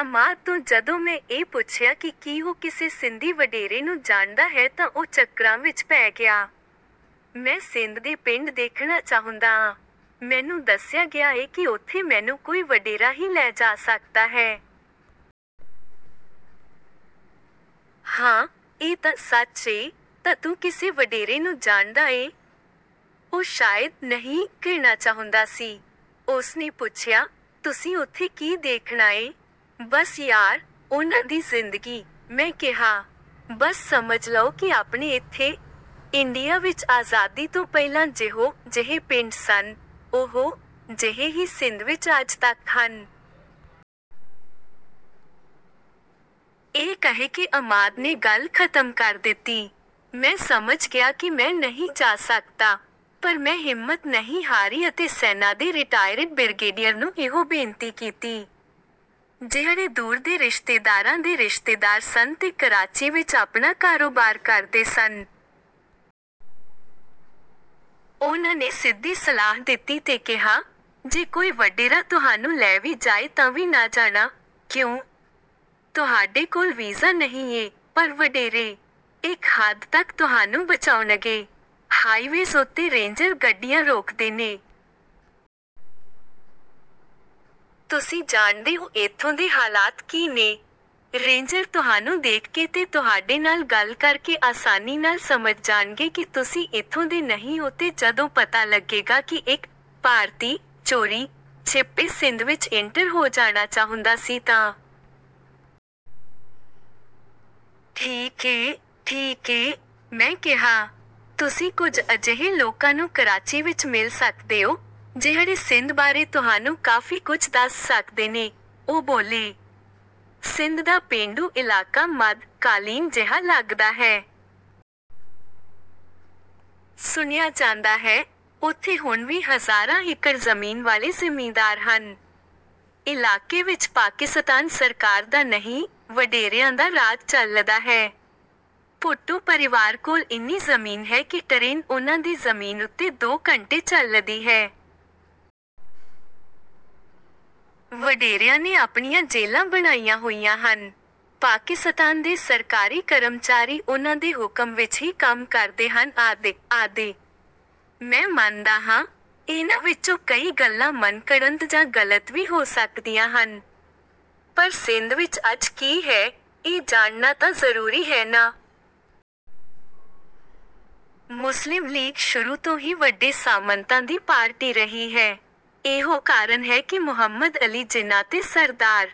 ਅਮਾਦ ਤੋਂ ਜਦੋਂ ਮੈਂ ਇਹ ਪੁੱਛਿਆ ਕਿ ਕੀ ਉਹ ਕਿਸੇ ਸਿੰਧੀ ਵਡੇਰੇ ਨੂੰ ਜਾਣਦਾ ਹੈ ਤਾਂ ਉਹ ਚੱਕਰਾਂ ਵਿਚ ਪੈ ਗਿਆ। “ਮੈਂ ਸਿੰਧ ਦੇ ਪਿੰਡ ਦੇਖਣਾ ਚਾਹੁੰਦਾ ਆਂ। ਮੈਨੂੰ ਦੱਸਿਆ ਗਿਆ ਏ ਕਿ ਉੱਥੇ ਮੈਨੂੰ ਕੋਈ ਵਡੇਰਾ ਹੀ ਲੈ ਜਾ ਸਕਦਾ ਹੈ।” “ਹਾਂ, ਇਹ ਤਾਂ ਸੱਚ ਏ।” “ਤਾਂ ਤੂੰ ਕਿਸੇ ਵਡੇਰੇ ਨੂੰ ਜਾਣਦਾ ਏਂ?” ਉਹ ਸ਼ਾਇਦ ‘ਨਹੀਂ’ ਕਹਿਣਾ ਚਾਹੁੰਦਾ ਸੀ। ਉਸਨੇ ਪੁੱਛਿਆ, “ਤੁਸੀਂ ਉੱਥੇ ਕੀ ਦੇਖਣਾ ਏਂ?” “ਬਸ ਯਾਰ, ਉਹਨਾਂ ਦੀ ਜ਼ਿੰਦਗੀ।” ਮੈਂ ਕਿਹਾ। “ਬਸ ਸਮਝ ਲਓ ਕਿ ਆਪਣੇ ਇੱਥੇ, ਇੰਡੀਆ ਵਿਚ ਆਜ਼ਾਦੀ ਤੋਂ ਪਹਿਲਾਂ ਜਿਹੋ-ਜਿਹੇ ਪਿੰਡ ਸਨ, ਓਹੋ-ਜਿਹੇ ਹੀ ਸਿੰਧ ਵਿਚ ਅੱਜ ਤੱਕ ਹਨ।” ਇਹ ਕਹਿ ਕੇ ਅਮਾਦ ਨੇ ਗੱਲ ਖਤਮ ਕਰ ਦਿੱਤੀ। ਮੈਂ ਸਮਝ ਗਿਆ ਕਿ ਮੈਂ ਨਹੀਂ ਜਾ ਸਕਦਾ, ਪਰ ਮੈਂ ਹਿੰਮਤ ਨਹੀਂ ਹਾਰੀ ਅਤੇ ਸੈਨਾ ਦੇ ਰਿਟਾਇਰਡ ਬ੍ਰਿਗੇਡੀਅਰ ਨੂੰ ਇਹੋ ਬੇਨਤੀ ਕੀਤੀ, ਜਿਹੜੇ ਦੂਰ ਦੇ ਰਿਸ਼ਤੇਦਾਰਾਂ ਦੇ ਰਿਸ਼ਤੇਦਾਰ ਸਨ ਤੇ ਕਰਾਚੀ ਵਿਚ ਆਪਣਾ ਕਾਰੋਬਾਰ ਕਰਦੇ ਸਨ। ਉਹਨਾਂ ਨੇ ਸਿੱਧੀ ਸਲਾਹ ਦਿੱਤੀ ਤੇ ਕਿਹਾ, “ਜੇ ਕੋਈ ਵਡੇਰਾ ਤੁਹਾਨੂੰ ਲੈ ਵੀ ਜਾਏ ਤਾਂ ਵੀ ਨਾ ਜਾਣਾ।” “ਕਿਉਂ?” “ਤੁਹਾਡੇ ਕੋਲ ਵੀਜ਼ਾ ਨਹੀਂ ਏ।” “ਪਰ ਵਡੇਰੇ...” “ਇਕ ਹੱਦ ਤਕ ਤੁਹਾਨੂੰ ਬਚਾਉਣਗੇ... ਹਾਈਵੇਜ਼ ਉੱਤੇ ਰੇਂਜਰ ਗੱਡੀਆਂ ਰੋਕਦੇ ਨੇ... ਤੁਸੀਂ ਜਾਣਦੇ ਓ ਇੱਥੋਂ ਦੇ ਹਾਲਾਤ ਕੀ ਨੇ... ਰੇਂਜਰ ਤੁਹਾਨੂੰ ਦੇਖ ਕੇ ਤੇ ਤੁਹਾਡੇ ਨਾਲ ਗੱਲ ਕਰਕੇ ਆਸਾਨੀ ਨਾਲ ਸਮਝ ਜਾਣਗੇ ਕਿ ਤੁਸੀਂ ਇੱਥੋਂ ਦੇ ਨਹੀਂ ਓ ਤੇ ਜਦੋਂ ਪਤਾ ਲੱਗੇਗਾ ਕਿ ਇਕ ‘ਭਾਰਤੀ’ ਚੋਰੀ-ਛਿੱਪੇ ਸਿੰਧ ਵਿਚ ਇੰਟਰ ਹੋ ਜਾਣਾ ਚਾਹੁੰਦਾ ਸੀ ਤਾਂ...।” “ਠੀਕ ਏ... ਠੀਕ ਏ...” ਮੈਂ ਕਿਹਾ। “ਤੁਸੀਂ ਕੁਝ ਅਜਿਹੇ ਲੋਕਾਂ ਨੂੰ ਕਰਾਚੀ ਵਿਚ ਮਿਲ ਸਕਦੇ ਓ, ਜਿਹੜੇ ਸਿੰਧ ਬਾਰੇ ਤੁਹਾਨੂੰ ਕਾਫ਼ੀ ਕੁਝ ਦੱਸ ਸਕਦੇ ਨੇ।” ਉਹ ਬੋਲੇ। ਸਿੰਧ ਦਾ ਪੇਂਡੂ ਇਲਾਕਾ ਮੱਧ-ਕਾਲੀਨ ਜਿਹਾ ਲੱਗਦਾ ਹੈ। ਸੁਣਿਆ ਜਾਂਦਾ ਹੈ, ਉੱਥੇ ਹੁਣ ਵੀ ਹਜ਼ਾਰਾਂ ਏਕੜ ਜ਼ਮੀਨ ਵਾਲੇ ਜ਼ਿਮੀਂਦਾਰ ਹਨ। ਇਲਾਕੇ ਵਿਚ ਪਾਕਿਸਤਾਨ ਸਰਕਾਰ ਦਾ ਨਹੀਂ, ਵਡੇਰਿਆਂ ਦਾ ਰਾਜ ਚੱਲਦਾ ਹੈ। ਭੁੱਟੋ ਪਰਿਵਾਰ ਕੋਲ ਇੰਨੀ ਜ਼ਮੀਨ ਹੈ ਕਿ ਟਰੇਨ ਉਹਨਾਂ ਦੀ ਜ਼ਮੀਨ ਉੱਤੇ ਦੋ ਘੰਟੇ ਚੱਲਦੀ ਹੈ। ਵਡੇਰਿਆਂ ਨੇ ਆਪਣੀਆਂ ਜੇਲ੍ਹਾਂ ਬਣਾਈਆਂ ਹੋਈਆਂ ਹਨ। ਪਾਕਿਸਤਾਨ ਦੇ ਸਰਕਾਰੀ ਕਰਮਚਾਰੀ ਉਹਨਾਂ ਦੇ ਹੁਕਮ ਵਿਚ ਹੀ ਕੰਮ ਕਰਦੇ ਹਨ ਆਦਿ-ਆਦਿ। ਮੈਂ ਮੰਨਦਾ ਹਾਂ, ਇਹਨਾਂ ਵਿਚੋਂ ਕਈ ਗੱਲਾਂ ਮਨਘੜੰਤ ਜਾਂ ਗ਼ਲਤ ਵੀ ਹੋ ਸਕਦੀਆਂ ਹਨ, ਪਰ ਸਿੰਧ ਵਿਚ ਅੱਜ ਕੀ ਹੈ, ਇਹ ਜਾਣਨਾ ਤਾਂ ਜ਼ਰੂਰੀ ਹੈ ਨਾ। ਮੁਸਲਿਮ ਲੀਗ ਸ਼ੁਰੂ ਤੋਂ ਹੀ ਵੱਡੇ ਸਾਮੰਤਾਂ ਦੀ ਪਾਰਟੀ ਰਹੀ ਹੈ। ਇਹੋ ਕਾਰਨ ਹੈ ਕਿ ਮੁਹੰਮਦ ਅਲੀ ਜਿਨਾਹ ਤੇ ਸਰਦਾਰ...